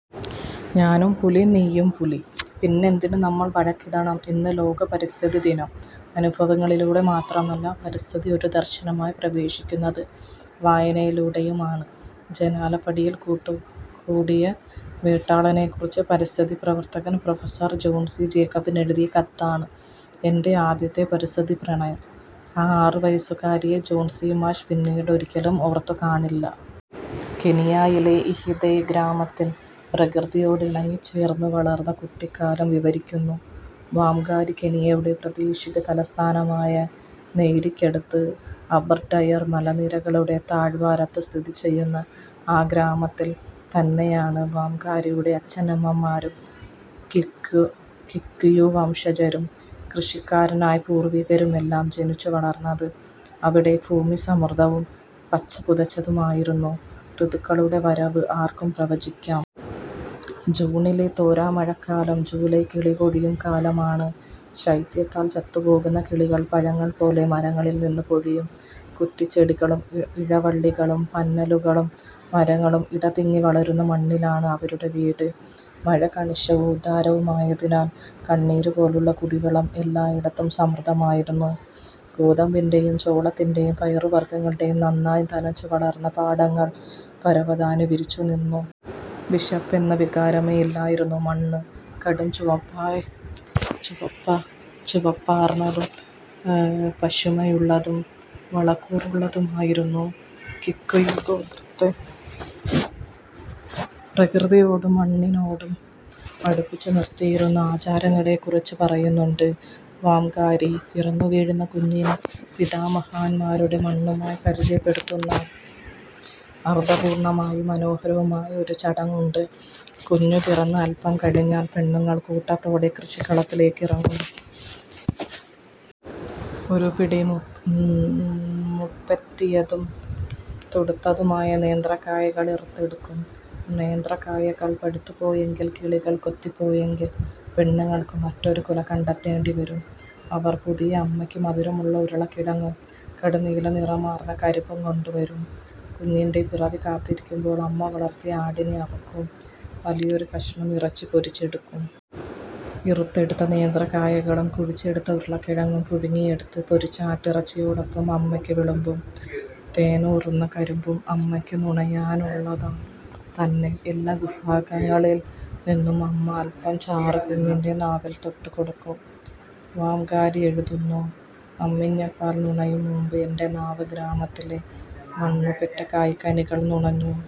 ഞാനും പുലി, നീയും പുലി; പിന്നെന്തിനു നമ്മൾ വഴക്കിടണം! ഇന്ന് ലോക പരിസ്ഥിതിദിനം. അനുഭവങ്ങളിലൂടെ മാത്രമല്ല പരിസ്ഥിതി ഒരു ദർശനമായി പ്രവേശിക്കുന്നത്; വായനയിലൂടെയുമാണ്. ജനാലപ്പടിയിൽ കൂടുകൂട്ടിയ വേട്ടാളനെക്കുറിച്ച് പരിസ്ഥിതി പ്രവർത്തകൻ പ്രഫ. ജോൺസി ജേക്കബിനെഴുതിയ കത്താണ് എന്റെ ആദ്യത്തെ പരിസ്ഥിതി പ്രണയം. ആ ആറുവയസ്സുകാരിയെ ജോൺസി മാഷ് പിന്നീടൊരിക്കലും ഓർത്തുകാണില്ല. കെനിയയിലെ ഇഹിതെ ഗ്രാമത്തിൽ പ്രകൃതിയോടിണങ്ങിച്ചേർന്നു വളർന്ന കുട്ടിക്കാലം വിവരിക്കുന്നു വാംഗാരി. കെനിയയുടെ പ്രാദേശിക തലസ്ഥാനമായ നെയ്രിക്കടുത്ത്, അബർഡയർ മലനിരകളുടെ താഴ്വാരത്തു സ്ഥിതി ചെയ്യുന്ന ആ ഗ്രാമത്തിൽ തന്നെയാണ് വാംഗാരിയുടെ അച്ഛനമ്മമാരും, കിക്കുയു വംശജരും കൃഷിക്കാരായ പൂർവികരുമെല്ലാം ജനിച്ചു വളർന്നത്. അവിടെ ഭൂമി സമൃദ്ധവും പച്ച പുതച്ചതുമായിരുന്നു. ഋതുക്കളുടെ വരവ് ആർക്കും പ്രവചിക്കാം. ജൂണിലെ തോരാമഴക്കാലം. ജൂലൈ കിളിപൊഴിയും കാലമാണ്. ശൈത്യത്താൽ ചത്തുപോകുന്ന കിളികൾ പഴങ്ങൾ പോലെ മരങ്ങളിൽ നിന്നു പൊഴിയും. കുറ്റിച്ചെടികളും ഇഴവള്ളികളും പന്നലുകളും മരങ്ങളും ഇടതിങ്ങി വളരുന്ന മണ്ണിലാണ് അവരുടെ വീട്. മഴ കണിശവും ഉദാരവുമായതിനാൽ കണ്ണീരുപോലുള്ള കുടിവെള്ളം എല്ലായിടത്തും സമൃദ്ധമായിരുന്നു. ഗോതമ്പിന്റെയും ചോളത്തിന്റെയും പയറുവർഗ്ഗങ്ങളുടെയും നന്നായി നനച്ചു വളർത്തിയ പാടങ്ങൾ പരവതാനി വിരിച്ചു നിന്നു. വിശപ്പെന്ന വികാരമേ ഇല്ലായിരുന്നു. മണ്ണ് കടുംചുവപ്പാർന്നതും പശിമയുള്ളതും വളക്കൂറുള്ളതുമായിരുന്നു. കിക്കുയു ഗോത്രത്തെ പ്രകൃതിയോടും മണ്ണിനോടും അടുപ്പിച്ചു നിർത്തിയിരുന്ന ആചാരങ്ങളെ കുറിച്ചു പറയുന്നുണ്ട് വാംഗാരി. പിറന്നുവീഴുന്ന കുഞ്ഞിനെ പിതാമഹന്മാരുടെ മണ്ണുമായി പരിചയപ്പെടുത്തുന്ന അർഥപൂർണവും മനോഹരവുമായ ഒരു ചടങ്ങുണ്ട്. കുഞ്ഞു പിറന്ന് അൽപം കഴിഞ്ഞാൽ പെണ്ണുങ്ങൾ കൂട്ടത്തോടെ കൃഷിക്കളത്തിലേക്കിറങ്ങും. ഒരു പിടി മൂപ്പെത്തിയതും തുടുത്തതുമായ നേന്ത്രക്കായകൾ ഇറുത്തെടുക്കും. നേന്ത്രക്കായകൾ പഴുത്തുപോയെങ്കിൽ, കിളികൾ കൊത്തിപ്പോയെങ്കിൽ പെണ്ണുങ്ങൾക്കു മറ്റൊരു കുല കണ്ടെത്തേണ്ടി വരും. അവർ പുതിയ അമ്മയ്ക്ക് മധുരമുള്ള ഉരുളക്കിഴങ്ങും കടുംനീലനിറമാർന്ന കരിമ്പും കൊണ്ടുവരും. കുഞ്ഞിന്റെ പിറവി കാത്തിരിക്കുമ്പോൾ അമ്മ വളർത്തിയ ആടിനെ അറുക്കും. വലിയൊരു കഷണം ഇറച്ചി പൊരിച്ചെടുക്കും. ഇറുത്തെടുത്ത നേന്ത്രക്കായകളും കുഴിച്ചെടുത്ത ഉരുളക്കിഴങ്ങും പുഴുങ്ങിയെടുത്തു പൊരിച്ച ആട്ടിറച്ചിയോടൊപ്പം അമ്മയ്ക്കു വിളമ്പും. തേനൂറുന്ന കരിമ്പും അമ്മയ്ക്ക് നുണയാനുള്ളതു തന്നെ. എല്ലാ വിഭവങ്ങളിൽ നിന്നും അമ്മ അൽപം ചാറ് കുഞ്ഞിന്റെ നാവിൽ തൊട്ടു കൊടുക്കും. വാംഗാരി എഴുതുന്നു-അമ്മിഞ്ഞപ്പാൽ നുണയും മുൻപ് എന്റെ നാവ് ഗ്രാമത്തിലെ മണ്ണു പെറ്റ കായ്കനികൾ നുണഞ്ഞു.